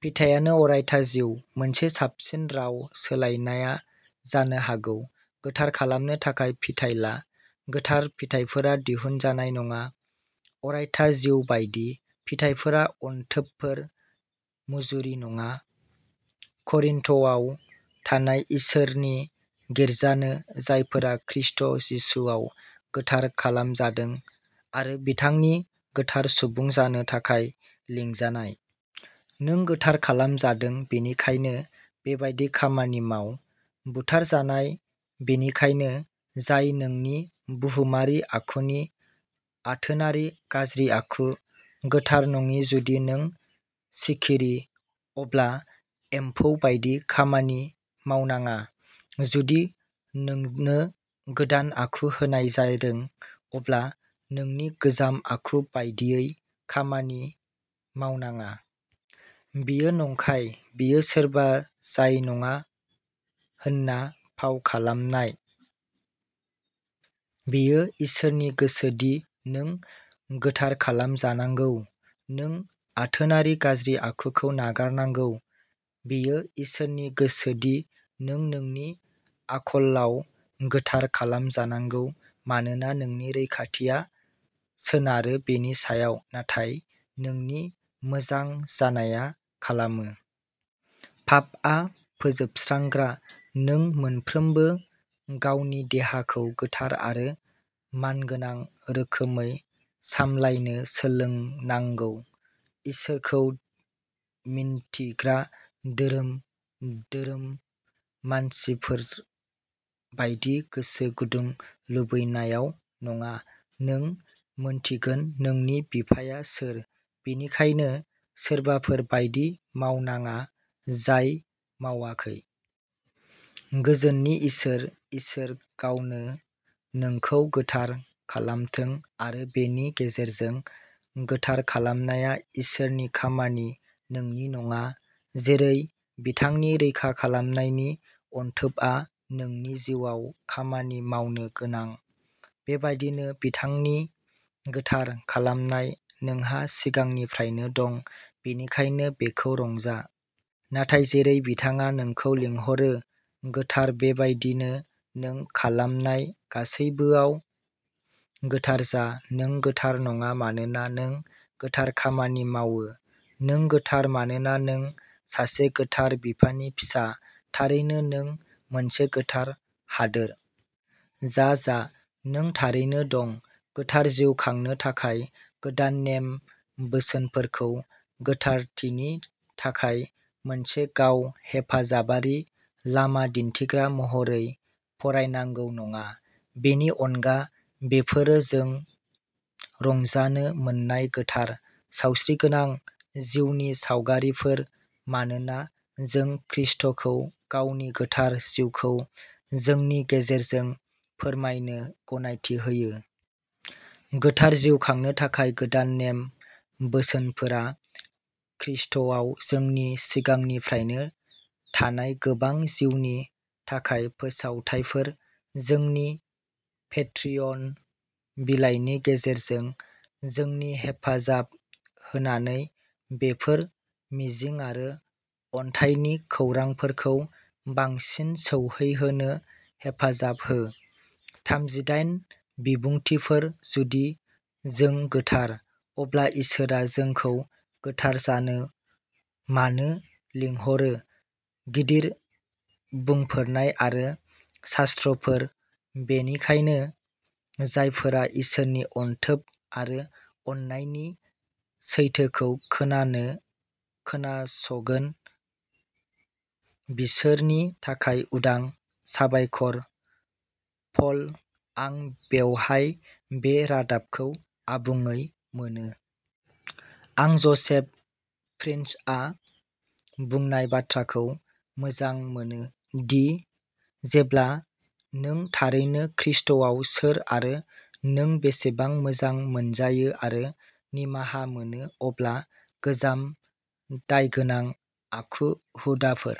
फिथायानो अरायथा जिउ मोनसे साबसिन राव सोलायनाया जानो हागौ, गोथार खालामनो थाखाय फिथाइ ला। गोथार फिथाइफोरा दिहुनजानाय नङा। अरायथा जिउ बायदि, फिथाइफोरा अनथोबफोर, मुजुरि नङा। करिन्थआव थानाय इसोरनि गिर्जानो, जायफोरा खृष्ट जिसुआव गोथार खालामजादों आरो बिथांनि गोथार सुबुं जानो थाखाय लिंजानाय। नों गोथार खालामजादों बेनिखायनो बेबादि खामानि माव। बुथारजानाय, बेनिखायनो, जाय नोंनि बुहुमारि आखुनि आथोनारि गाज्रि आखु, गोथार नङि जुदि नों सिखिरि, अब्ला एम्फौ बायदि खामानि मावनाङा। जुदि नोंनो गोदान आखु होनाय जादों, अब्ला नोंनि गोजाम आखु बायदियै खामानि मावनाङा। बेयो नंखाय। बेयो सोरबा जाय नङा होनना फाव खालामनाय। बेयो इसोरनि गोसो दि नों गोथार खालामजानांगौ नों आथोनारि गाज्रि आखुखौ नागारनांगौ। बेयो इसोरनि गोसो दि नों नोंनि आखलआव गोथार खालामजानांगौ, मानोना नोंनि रैखाथिया सोनारो बेनि सायाव, नाथाय नोंनि मोजां जानाया खालामो। पापआ फोजोबस्रांग्रा। नों मोनफ्रोमबो गावनि देहाखौ गोथार आरो मानगोनां रोखोमै सामलायनो सोलोंनांगौ, इसोरखौ मिन्थिग्रा धोरोम धोरोम मानिनायफोर बायदि गोसो गुदुं लुबैनायाव नङा। नों मिन्थिगोन नोंनि बिफाया सोर, बेनिखायनो सोरबाफोर बायदि मावनाङा जाय मावाखै। गोजोननि इसोर, इसोर गावनो नोंखौ गोथार खालामथों आरो बेनि गेजेरजों। गोथार खालामनाया इसोरनि खामानि, नोंनि नङा। जेरै बिथांनि रैखा खालामनायनि अनथोबआ नोंनि जिउआव खामानि मावनो गोनां, बेबायदिनो बिथांनि गोथार खालामनाय। नोंहा सिगांनिफ्रायनो दं, बेनिखायनो बेखौ रंजा! नाथाय जेरै बिथाङा नोंखौ लिंहरो, गोथार, बेबायदिनो नों खालामनाय गासैबोआव गोथार जा। नों गोथार नङा मानोना नों गोथार खामानि मावो। नों गोथार मानोना नों सासे गोथार बिफानि फिसा। थारैनो, नों मोनसे गोथार हादोर। जा जा। नों थारैनो दं। गोथार जिउ खांनो थाखाय गोदान नेम बोसोनफोरखौ गोथारथिनि थाखाय मोनसे गाव हेफाजाबारि लामा दिन्थिग्रा महरै फरायनांगौ नङा। बेनि अनगा, बेफोरो जों रंजानो मोन्नाय गोथार, सावस्रिगोनां जिउनि सावगारिफोर, मानोना जों खृष्टखौ गावनि गोथार जिउखौ जोंनि गेजेरजों फोरमायनो गनायथि होयो। गोथार जिउ खांनो थाखाय गोदान नेम बोसोनफोरा ख्रीष्टआव जोंनि सिगांनिफ्रायनो थानाय गोबां जिउनि थाखाय फोसावथायफोर। जोंनि पेट्रियन बिलाइनि गेजेरजों जोंनि हेफाजाब होनानै बेफोर मिजिं आरो अनथाइनि खौरांफोरखौ बांसिन सौहैहोनो हेफाजाब हो। थामजिदाइन बिबुंथिफोर जुदि जों गोथार, अब्ला इसोरआ जोंखौ गोथार जानो मानो लिंहरो गिदिर बुंफोरनाय आरो शास्त्रफोर बेनिखायनो जायफोरा इसोरनि अनथोब आरो अननायनि सैथोखौ खोनानो खोनासगोन बिसोरनि थाखाय उदां साबायखर, पल, आं बेवहाय बे रादाबखौ आबुङै मोनो। आं ज'सेफ प्रिन्सआ बुंनाय बाथ्राखौ मोजां मोनो, दि जेब्ला नों थारैनो खृष्टआव सोर आरो नों बेसेबां मोजां मोनजायो आरो निमाहा मोनो, अब्ला गोजाम दायगोनां आखु हुदाफोर।